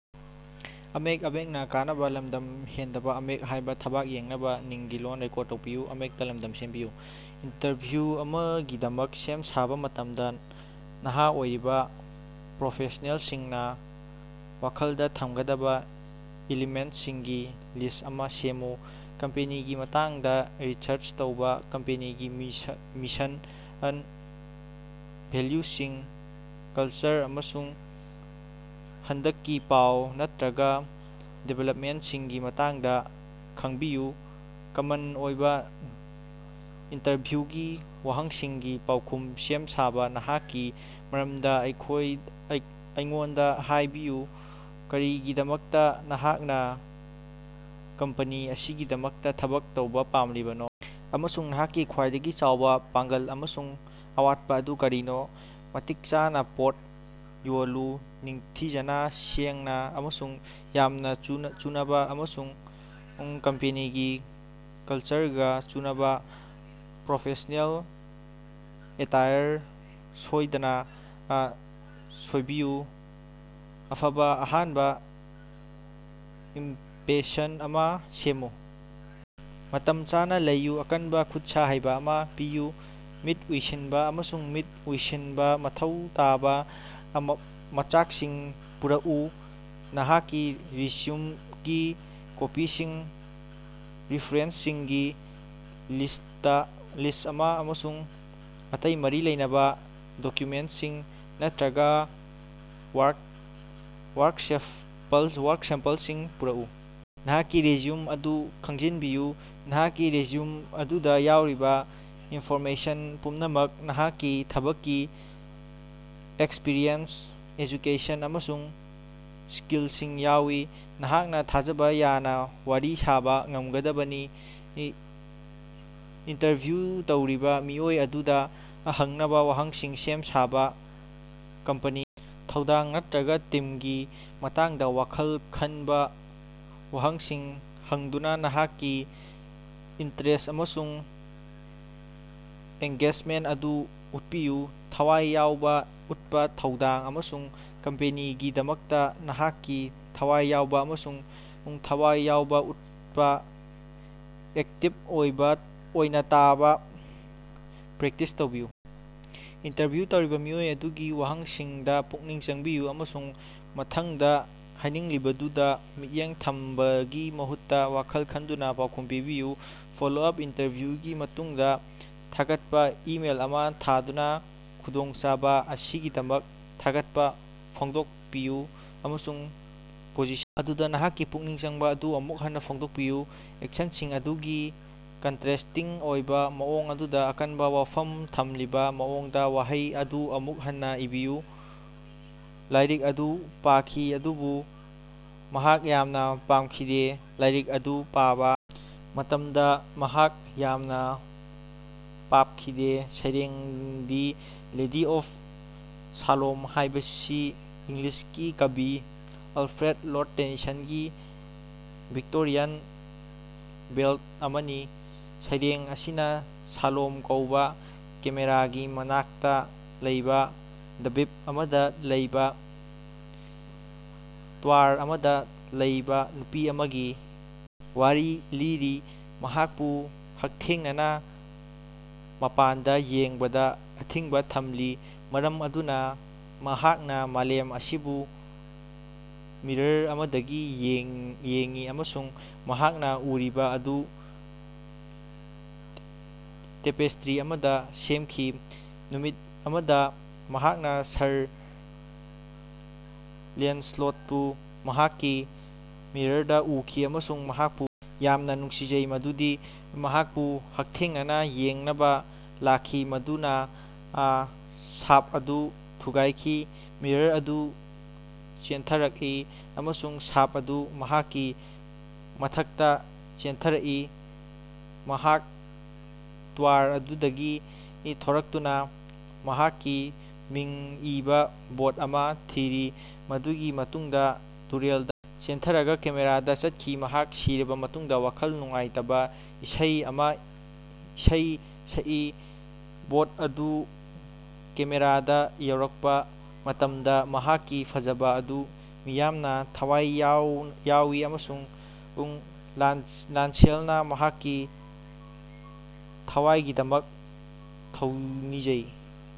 Interview ꯑꯃꯒꯤꯗꯃꯛ ꯁꯦꯝ-ꯁꯥꯕ ꯃꯇꯝꯗ ꯅꯍꯥ ꯑꯣꯏꯔꯤꯕ ꯄ꯭ꯔꯣꯐꯦꯁꯅꯦꯜꯁꯤꯡꯅ ꯋꯥꯈꯜꯗ ꯊꯝꯒꯗꯕ ꯏꯂꯤꯃꯦꯟꯇꯁꯤꯡꯒꯤ ꯂꯤꯁ꯭ꯠ ꯑꯃ ꯁꯦꯝꯃꯨ꯫ ꯀꯝꯄꯦꯅꯤꯒꯤ ꯃꯇꯥꯡꯗ ꯔꯤꯁꯔꯆ ꯇꯧꯕ - ꯀꯝꯄꯦꯅꯤꯒꯤ ꯃꯤꯁꯟ, ꯚꯦꯂ꯭ꯌꯨꯁꯤꯡ, ꯀꯜꯆꯔ, ꯑꯃꯁꯨꯡ ꯍꯟꯗꯛꯀꯤ ꯄꯥꯎ ꯅꯠꯇꯔꯒ ꯗꯤꯕꯦꯂꯞꯃꯦꯟꯇꯁꯤꯡꯒꯤ ꯃꯇꯥꯡꯗ ꯈꯡꯕꯤꯌꯨ꯫ ꯀꯃꯟ ꯑꯣꯏꯕ ꯏꯟꯇꯔꯚ꯭ꯌꯨꯒꯤ ꯋꯥꯍꯪꯁꯤꯡꯒꯤ ꯄꯥꯎꯈꯨꯝ ꯁꯦꯝ-ꯁꯥꯕ - ꯅꯍꯥꯛꯀꯤ ꯃꯔꯝꯗ ꯑꯩꯉꯣꯟꯗ ꯍꯥꯏꯕꯤꯌꯨ, ꯀꯔꯤꯒꯤꯗꯃꯛꯇ ꯅꯍꯥꯛꯅ ꯀꯝꯄꯅꯤ ꯑꯁꯤꯒꯤꯗꯃꯛꯇ ꯊꯕꯛ ꯇꯧꯕ ꯄꯥꯝꯂꯤꯕꯅꯣ?, ꯑꯃꯁꯨꯡ ꯅꯍꯥꯛꯀꯤ ꯈ꯭ꯋꯥꯏꯗꯒꯤ ꯆꯥꯎꯕ ꯄꯥꯡꯒꯜ ꯑꯃꯁꯨꯡ ꯑꯋꯥꯠꯄ ꯑꯗꯨ ꯀꯔꯤꯅꯣ? ꯃꯇꯤꯛ ꯆꯥꯅ ꯄꯣꯠ ꯌꯣꯜꯂꯨ- ꯅꯤꯡꯊꯤꯖꯅ, ꯁꯦꯡꯅ ꯑꯃꯁꯨꯡ ꯌꯥꯝꯅ ꯆꯨꯅꯕ, ꯑꯃꯁꯨꯡ ꯀꯝꯄꯦꯅꯤꯒꯤ ꯀꯜꯆꯔꯒ ꯆꯨꯅꯕ ꯄ꯭ꯔꯣꯐꯦꯁ꯭ꯅꯦꯜ ꯑꯦꯇꯦꯌꯔ ꯁꯣꯏꯗꯅ ꯁꯣꯏꯕꯤꯌꯨ꯫ ꯑꯐꯕ ꯑꯍꯥꯟꯕ ꯏꯝꯄꯦꯁꯟ ꯑꯃ ꯁꯦꯝꯃꯨ - ꯃꯇꯝ ꯆꯥꯅ ꯂꯩꯌꯨ, ꯑꯀꯟꯕ ꯈꯨꯠꯁꯥ ꯍꯩꯕ ꯑꯃ ꯄꯤꯌꯨ, ꯃꯤꯠ ꯎꯏꯁꯤꯟꯕ ꯑꯃꯁꯨꯡ ꯃꯤꯠ ꯎꯏꯁꯤꯟꯕ꯫ ꯃꯊꯧ ꯇꯥꯕ ꯃꯆꯥꯛꯁꯤꯡ ꯄꯨꯔꯛꯎ - ꯅꯍꯥꯛꯀꯤ ꯔꯤꯖ꯭ꯌꯨꯝꯒꯤ ꯀꯣꯄꯤꯁꯤꯡ, ꯔꯤꯐꯔꯦꯟꯁꯁꯤꯡꯒꯤ ꯂꯤꯁ꯭ꯠ ꯑꯃ, ꯑꯃꯁꯨꯡ ꯑꯇꯩ ꯃꯔꯤ ꯂꯩꯅꯕ ꯗꯣꯀ꯭ꯌꯨꯃꯦꯟꯇꯁꯤꯡ ꯅꯠꯇꯔꯒ ꯋꯥꯔꯛ ꯁꯦꯝꯄꯜꯁꯤꯡ ꯄꯨꯔꯛꯎ꯫ ꯅꯍꯥꯛꯀꯤ ꯔꯤꯖ꯭ꯌꯨꯝ ꯑꯗꯨ ꯈꯪꯖꯤꯟꯕꯤꯌꯨ - ꯅꯍꯥꯛꯀꯤ ꯔꯤꯖ꯭ꯌꯨꯝ ꯑꯗꯨꯗ ꯌꯥꯎꯔꯤꯕ ꯏꯟꯐꯣꯔꯃꯦꯁꯟ ꯄꯨꯝꯅꯃꯛ, ꯅꯍꯥꯛꯀꯤ ꯊꯕꯛꯀꯤ ꯑꯦꯛꯁꯄꯤꯔꯤꯑꯦꯟꯁ, ꯑꯦꯖꯨꯀꯦꯁꯟ, ꯑꯃꯁꯨꯡ ꯁ꯭ꯀꯤꯜꯁꯤꯡ ꯌꯥꯎꯅ, ꯅꯍꯥꯛꯅ ꯊꯥꯖꯕ ꯌꯥꯅ ꯋꯥꯔꯤ ꯁꯥꯕ ꯉꯝꯒꯗꯕꯅꯤ꯫ ꯏꯟꯇꯔꯚ꯭ꯌꯨ ꯇꯧꯔꯤꯕ ꯃꯤꯑꯣꯏ ꯑꯗꯨꯗ ꯍꯪꯅꯕ ꯋꯥꯍꯪꯁꯤꯡ ꯁꯦꯝ-ꯁꯥꯕꯥ - ꯀꯝꯄꯅꯤ, ꯊꯧꯗꯥꯡ ꯅꯠꯇꯔꯒ ꯇꯤꯝꯒꯤ ꯃꯇꯥꯡꯗ ꯋꯥꯈꯜ ꯈꯟꯕ ꯋꯥꯍꯪꯁꯤꯡ ꯍꯪꯗꯨꯅ ꯅꯍꯥꯛꯀꯤ ꯏꯟꯇꯔꯦꯁ꯭ꯠ ꯑꯃꯁꯨꯡ ꯑꯦꯡꯒꯦꯖꯃꯦꯟꯇ ꯑꯗꯨ ꯎꯠꯄꯤꯌꯨ꯫ ꯊꯋꯥꯏ ꯌꯥꯎꯕ ꯎꯠꯄ ꯊꯧꯗꯥꯡ ꯑꯃꯁꯨꯡ ꯀꯝꯄꯦꯅꯤꯒꯤꯗꯃꯛꯇ ꯅꯍꯥꯛꯀꯤ ꯊꯋꯥꯏ ꯌꯥꯎꯕ ꯑꯃꯁꯨꯡ ꯊꯋꯥꯏ ꯌꯥꯎꯕ‌ ꯎꯠꯄ - ꯑꯦꯛꯇꯤꯕ ꯑꯣꯏꯅ ꯇꯥꯕ ꯄ꯭ꯔꯦꯛꯇꯤꯁ ꯇꯧꯕꯤꯌꯨ - ꯏꯟꯇꯔꯚ꯭ꯌꯨ ꯇꯧꯔꯤꯕ ꯃꯤꯑꯣꯏ ꯑꯗꯨꯒꯤ ꯋꯥꯍꯪꯁꯤꯡꯗ ꯄꯨꯛꯅꯤꯡ ꯆꯪꯕꯤꯌꯨ ꯑꯃꯁꯨꯡ ꯃꯊꯪꯗ ꯍꯥꯏꯅꯤꯡꯂꯤꯕꯗꯨꯗ ꯃꯤꯠꯌꯦꯡ ꯊꯝꯕꯒꯤ ꯃꯍꯨꯠꯇ ꯋꯥꯈꯜ ꯈꯟꯗꯨꯅ ꯄꯥꯎꯈꯨꯝ ꯄꯤꯕꯤꯌꯨ꯫ ꯐꯣꯂꯣ ꯑꯞ - ꯏꯟꯇꯔꯚ꯭ꯌꯨꯒꯤ ꯃꯇꯨꯡꯗ ꯊꯥꯒꯠꯄ ꯏꯃꯦꯜ ꯑꯃ ꯊꯥꯗꯨꯅ ꯈꯨꯗꯣꯡꯆꯥꯕ ꯑꯁꯤꯒꯤꯗꯃꯛ ꯊꯥꯒꯠꯄ ꯐꯣꯡꯗꯣꯛꯄꯤꯌꯨ ꯑꯃꯁꯨꯡ ꯄꯣꯖꯤꯁꯟ ꯑꯗꯨꯗ ꯅꯍꯥꯛꯀꯤ ꯄꯨꯛꯅꯤꯡ ꯆꯪꯕ ꯑꯗꯨ ꯑꯃꯨꯛ ꯍꯟꯅ ꯐꯣꯡꯗꯣꯛꯄꯤꯌꯨ꯫ ꯑꯦꯛꯁꯟꯁꯤꯡ ꯑꯗꯨꯒꯤ ꯀꯟꯇꯔꯦꯁ꯭ꯇꯤꯡ ꯑꯣꯏꯕ ꯃꯑꯣꯡ ꯑꯗꯨꯗ ꯑꯀꯟꯕ ꯋꯥꯐꯝ ꯊꯝꯂꯤꯕ ꯃꯑꯣꯡꯗ ꯋꯥꯍꯩ ꯑꯗꯨ ꯑꯃꯨꯛ ꯍꯟꯅ ꯏꯕꯤꯌꯨ꯫ ꯂꯥꯏꯔꯤꯛ ꯑꯗꯨ ꯄꯥꯈꯤ ꯑꯗꯨꯕꯨ ꯃꯍꯥꯛ ꯌꯥꯝꯅ ꯄꯥꯝꯈꯤꯗꯦ꯫ ꯂꯥꯏꯔꯤꯛ ꯑꯗꯨ ꯄꯥꯕ ꯃꯇꯝꯗ ꯃꯍꯥꯛ ꯌꯥꯝꯅ ꯄꯥꯞꯈꯤꯗꯦ꯫ ꯁꯩꯔꯦꯡ, ꯗꯤ ꯂꯦꯗꯤ ꯑꯣꯐ ꯁꯥꯂꯣꯠ ꯍꯥꯏꯕꯁꯤ ꯏꯪꯂꯤꯁꯀꯤ ꯀꯕꯤ ꯑꯜꯐ꯭ꯔꯦꯗ, ꯂꯔꯗ ꯇꯦꯅꯤꯁꯟꯒꯤ ꯚꯤꯛꯇꯣꯔꯤꯌꯥꯟ ꯕꯦꯜꯗ ꯑꯃꯅꯤ꯫ ꯁꯩꯔꯦꯡ ꯑꯁꯤꯅ ꯁꯥꯂꯣꯠ ꯀꯧꯕ ꯀꯦꯃꯦꯔꯥꯒꯤ ꯃꯅꯥꯛꯇ ꯂꯩꯕ ꯗ꯭ꯕꯤꯞ ꯑꯃꯗ ꯂꯩꯕ ꯇꯋꯥꯔ ꯑꯃꯗ ꯂꯩꯕ ꯅꯨꯄꯤ ꯑꯃꯒꯤ ꯋꯥꯔꯤ ꯂꯤꯔꯤ꯫ ꯃꯍꯥꯛꯄꯨ ꯍꯛꯊꯦꯡꯅꯅ ꯃꯄꯥꯟꯗ ꯌꯦꯡꯕꯗ ꯑꯊꯤꯡꯕ ꯊꯝꯂꯤ, ꯃꯔꯝ ꯑꯗꯨꯅ ꯃꯍꯥꯛꯅ ꯃꯥꯂꯦꯝ ꯑꯁꯤꯕꯨ ꯃꯤꯔ꯭ꯔ ꯑꯃꯗꯒꯤ ꯌꯦꯡꯏ ꯑꯃꯁꯨꯡ ꯃꯍꯥꯛꯅ ꯎꯔꯤꯕ ꯑꯗꯨ ꯇꯦꯄꯦꯁ꯭ꯇꯔꯤ ꯑꯃꯗ ꯁꯦꯝꯈꯤ꯫ ꯅꯨꯃꯤꯠ ꯑꯃꯗ ꯃꯍꯥꯛꯅ ꯁꯔ ꯂꯦꯟꯁꯂꯣꯠꯄꯨ ꯃꯍꯥꯛꯀꯤ ꯃꯤꯔ꯭ꯔꯗ ꯎꯈꯤ ꯑꯃꯁꯨꯡ ꯃꯍꯥꯛꯄꯨ ꯌꯥꯝꯅ ꯅꯨꯡꯁꯤꯖꯩ ꯃꯗꯨꯗꯤ ꯃꯍꯥꯛꯄꯨ ꯍꯛꯊꯦꯡꯅꯅꯥ ꯌꯦꯡꯅꯕ ꯂꯥꯛꯈꯤ, ꯃꯗꯨꯅ ꯁꯥꯞ ꯑꯗꯨ ꯊꯨꯒꯥꯏꯈꯤ꯫ ꯃꯤꯔ꯭ꯔ ꯑꯗꯨ ꯆꯦꯟꯊꯔꯛꯏ ꯑꯃꯁꯨꯡ ꯁꯥꯞ ꯑꯗꯨ ꯃꯍꯥꯛꯀꯤ ꯃꯊꯛꯇ ꯆꯦꯟꯊꯔꯛꯏ꯫ ꯃꯍꯥꯛ ꯇꯋꯥꯔ ꯑꯗꯨꯗꯒꯤ ꯊꯣꯔꯛꯇꯨꯅ ꯃꯍꯥꯛꯀꯤ ꯃꯤꯡ ꯏꯕꯥ ꯕꯣꯠ ꯑꯃ ꯊꯤꯔꯤ, ꯃꯗꯨꯒꯤ ꯃꯇꯨꯡꯗ ꯇꯨꯔꯦꯜꯗ‌ ꯆꯦꯟꯊꯔꯒ ꯀꯦꯃꯦꯔꯥꯗ ꯆꯠꯈꯤ, ꯃꯍꯥꯛ ꯁꯤꯔꯕ ꯃꯇꯨꯡꯗ ꯋꯥꯈꯜ ꯅꯨꯡꯉꯥꯏꯇꯕ‌ ꯏꯁꯩ ꯑꯃꯥ ꯏꯁꯩ ꯁꯛꯏ꯫ ꯕꯣꯠ ꯑꯗꯨ ꯀꯦꯃꯦꯔꯥꯗ ꯌꯧꯔꯛꯄ ꯃꯇꯝꯗ ꯃꯍꯥꯛꯀꯤ ꯐꯖꯕ ꯑꯗꯨꯅ ꯃꯤꯌꯥꯝꯅ ꯊꯋꯥꯏ ꯌꯥꯎꯏ, ꯑꯃꯁꯨꯡ ꯂꯥꯟꯁꯦꯜꯅ ꯃꯍꯥꯛꯀꯤ ꯊꯋꯥꯏꯒꯤꯗꯃꯛ ꯊꯧꯅꯤꯖꯩ꯫